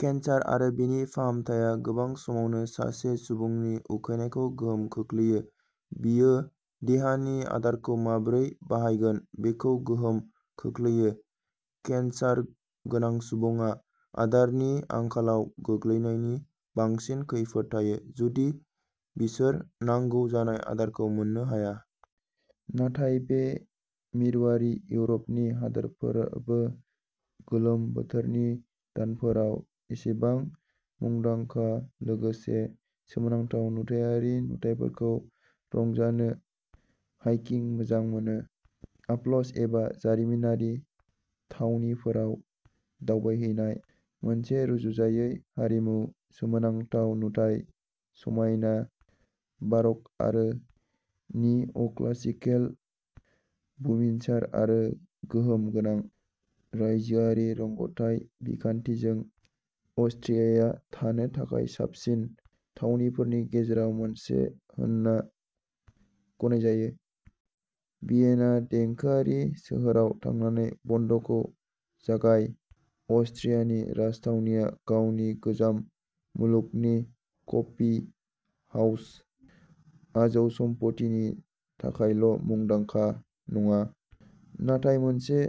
Cancer आरो बेनि फाहामथाया गोबां समावनो सासे सुबुंनि उखैनायखौ गोहोम खोख्लैयो; बेयो देहानि आदारखौ माबोरै बाहायगोन बेखौबो गोहोम खोख्लैयो। केन्सार गोनां सुबुङा आदारनि आंखालाव गोग्लैनायनि बांसिन खैफोद थायो, जुदि बिसोर नांगौ जानाय आदारखौ मोननो हाया। नाथाय बे मिरुआरि इउर'पनि हादोरआबो गोलोम बोथोरनि दानफोराव एसेबांनो मुंदांखा लोगोसे सोमोनांथाव नुथायारि नुथायफोरखौ रंजानो हाइकिं मोजां मोनो। आल्प्स एबा जारिमिनारि थावनिफोराव दावबायहैनाय। मोनसे रुजुजायै हारिमु, सोमोनांथाव नुथाय, समायना बारक आरो निअक्लासिकेल बुमिनसार आरो गोहोम गोनां रायजोआरि रोगाथाइ बिखान्थिजों, अस्ट्रियाया थानो थाखाय साबसिन थावनिफोरनि गेजेराव मोनसे होनना गनायजायो। भियेना देंखोआरि सोहोराव थांनानै बन्द'खौ जागाय। अस्ट्रियानि राजथावनिया गावनि गोजाम मुलुगनि कफि हाउस आजौसमफथिनि थाखायल'मुंदांखा नङा, नाथाय मोनसे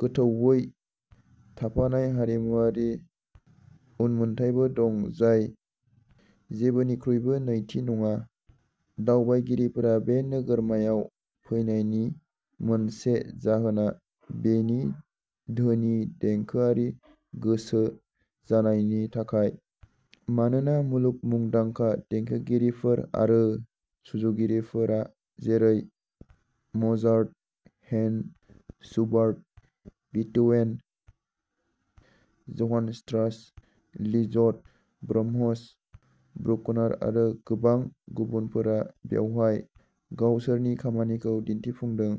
गोथौवै थाफानाय हारिमुआरि उनमोनथायबो दं जाय जेबोनिख्रुइबो नैथि नङा। दावबायारिफ्रा बे नोगोरमायाव फैनायनि मोनसे जाहोना बेनि धोनि देंखोआरि गोसो जानायनि थाखाय, मानोना मुलुग मुंदांखा देंखोगिरिफोर आरो सुजुगिरिफोरा जेरै Mozart, Haydn, Schubert, Beethoven, Johann Strauss, Liszt, Brahms, Bruckner आरो गोबां गुबुनफोरा बेवहाय गावसोरनि खामानिखौ दिन्थिफुंदों।